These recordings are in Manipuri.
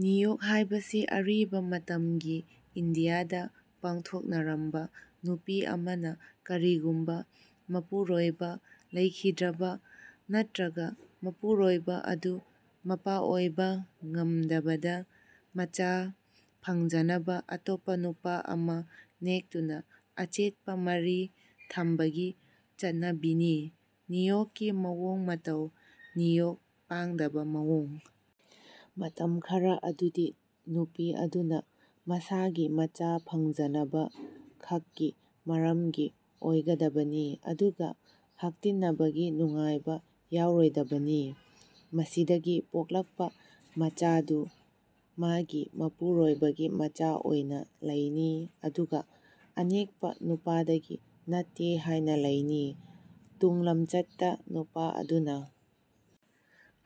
ꯅꯤꯌꯣꯒ ꯍꯥꯏꯕꯁꯤ ꯑꯔꯤꯕ ꯃꯇꯝꯒꯤ ꯏꯟꯗꯤꯌꯥꯗ ꯄꯥꯡꯊꯣꯛꯅꯔꯝꯕ ꯅꯨꯄꯤ ꯑꯃꯅ ꯀꯔꯤꯒꯨꯝꯕ ꯃꯄꯨꯔꯣꯢꯕ ꯂꯩꯈꯤꯗꯕꯗ ꯅꯠꯇ꯭ꯔꯒ ꯃꯄꯨꯔꯣꯢꯕ ꯑꯗꯨ ꯃꯄꯥ ꯑꯣꯢꯕ ꯉꯝꯗꯕꯗ ꯃꯆꯥ ꯐꯪꯖꯅꯕ ꯑꯇꯣꯞꯄ ꯅꯨꯄꯥ ꯑꯃ ꯅꯦꯛꯇꯨꯅ ꯑꯆꯦꯠꯄ ꯃꯔꯤ ꯊꯝꯕꯒꯤ ꯆꯠꯅꯕꯤꯅꯤ꯫ ꯅꯤꯌꯣꯒꯀꯤ ꯃꯑꯣꯡ ꯃꯇꯧ ꯅꯤꯌꯣꯒ ꯄꯥꯡꯅꯕ ꯃꯑꯣꯡ ꯃꯇꯝ ꯈꯔ ꯑꯗꯨꯗꯤ ꯅꯨꯄꯤ ꯑꯗꯨꯅ ꯃꯁꯥꯒꯤ ꯃꯆꯥ ꯐꯪꯖꯅꯕ ꯈꯛꯀꯤ ꯃꯔꯝꯒꯤ ꯑꯣꯢꯒꯗꯕꯅꯤ ꯑꯗꯨꯒ ꯍꯛꯇꯤꯟꯅꯕꯒꯤ ꯅꯨꯡꯉꯥꯢꯕ ꯌꯥꯎꯔꯣꯢꯗꯕꯅꯤ꯫ ꯃꯁꯤꯗꯒꯤ ꯄꯣꯛꯂꯛꯄ ꯃꯆꯥꯗꯨ ꯃꯥꯒꯤ ꯃꯄꯨꯔꯣꯢꯕ ꯒꯤ ꯃꯆꯥ ꯑꯣꯢꯅ ꯂꯩꯅꯤ ꯑꯗꯨꯒ ꯑꯅꯦꯛꯄ ꯅꯨꯄꯥꯗꯨꯒꯤ ꯅꯠꯇꯦ ꯍꯥꯢꯅ ꯂꯩꯅꯤ꯫ ꯇꯨꯡꯂꯝꯆꯠꯇ ꯅꯨꯄꯥ ꯑꯗꯨꯅ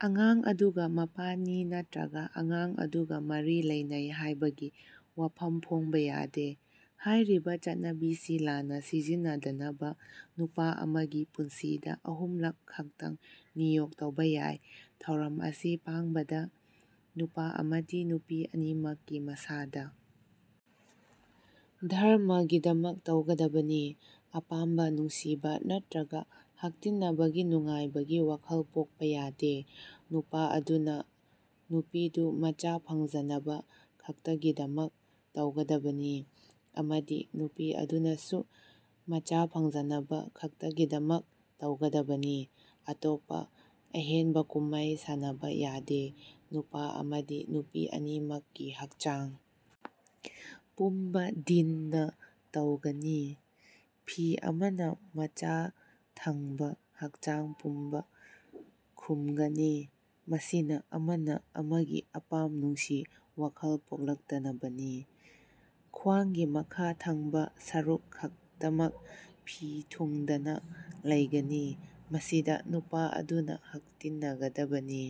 ꯑꯉꯥꯡ ꯑꯗꯨꯒ ꯃꯄꯥꯅꯤ ꯅꯠꯇ꯭ꯔꯒ ꯑꯉꯥꯡ ꯑꯗꯨꯒ ꯃꯔꯤ ꯂꯩꯅꯩ ꯍꯥꯢꯕꯒꯤ ꯋꯥꯐꯝ ꯐꯣꯡꯕ ꯌꯥꯗꯦ꯫ ꯍꯥꯢꯔꯤꯕ ꯆꯠꯅꯕꯤꯁꯤ ꯂꯥꯟꯅ ꯁꯤꯖꯤꯟꯅꯗꯅꯕ ꯅꯨꯄꯥ ꯑꯃ ꯒꯤ ꯄꯨꯟꯁꯤꯗ ꯑꯍꯨꯝꯂꯛ ꯈꯛꯇꯪ ꯅꯤꯌꯣꯒ ꯇꯧꯕ ꯌꯥꯢ꯫ ꯊꯧꯔꯝ ꯑꯁꯤ ꯄꯥꯡꯕꯗ ꯅꯨꯄꯥ ꯑꯃꯗꯤ ꯅꯨꯄꯤ ꯑꯅꯤꯃꯛꯀꯤ ꯃꯁꯥꯗ ꯙꯔꯃꯒꯤꯗꯃꯛ ꯇꯧꯒꯗꯕꯅꯤ ꯑꯄꯥꯝꯕ ꯅꯨꯡꯁꯤꯕ ꯅꯠꯇ꯭ꯔꯒ ꯍꯛꯇꯤꯟꯅꯕꯒꯤ ꯅꯨꯡꯉꯥꯢꯕꯒꯤ ꯋꯥꯈꯜ ꯄꯣꯛꯄ ꯌꯥꯗꯦ꯫ ꯅꯨꯄꯥ ꯑꯗꯨꯅ ꯅꯨꯄꯤꯗꯨ ꯃꯆꯥ ꯐꯪꯖꯅꯕ ꯈꯛꯇꯒꯤꯗꯃꯛ ꯇꯧꯒꯗꯕꯅꯤ ꯑꯃꯗꯤ ꯅꯨꯄꯤ ꯑꯗꯨꯅꯁꯨ ꯃꯆꯥ ꯐꯪꯖꯅꯕ ꯈꯛꯇꯒꯤꯗꯃꯛ ꯇꯧꯒꯗꯕꯅꯤ꯫ ꯑꯇꯣꯞꯄ ꯑꯍꯦꯟꯕꯀꯨꯝꯃꯩ ꯁꯥꯟꯅꯕ ꯌꯥꯗꯦ꯫ ꯅꯨꯄꯥ ꯑꯃꯗꯤ ꯅꯨꯄꯤ ꯑꯅꯤꯃꯛꯀꯤ ꯍꯛꯆꯥꯡ ꯄꯨꯝꯕ ꯘꯤꯅ ꯇꯩꯒꯅꯤ꯫ ꯐꯤ ꯑꯃꯅ ꯃꯆꯥ ꯊꯪꯕ ꯍꯛꯆꯥꯡ ꯄꯨꯝꯕ ꯈꯨꯝꯒꯅꯤ꯫ ꯃꯁꯤꯅ ꯑꯃꯅ ꯑꯃꯒꯤ ꯑꯄꯥꯝ ꯅꯨꯡꯁꯤ ꯋꯥꯈꯜ ꯄꯣꯛꯂꯛꯇꯅꯕꯅꯤ꯫ ꯈ꯭ꯋꯥꯡꯒꯤ ꯃꯈꯥ ꯊꯪꯕ ꯁꯔꯨꯛ ꯈꯛꯇꯃꯛ ꯐꯤ ꯊꯨꯡꯗꯅ ꯂꯩꯒꯅꯤ꯫ ꯃꯁꯤꯗ ꯅꯨꯄꯥ ꯑꯗꯨꯅ ꯍꯛꯇꯤꯟꯅꯒꯗꯕꯅꯤ꯫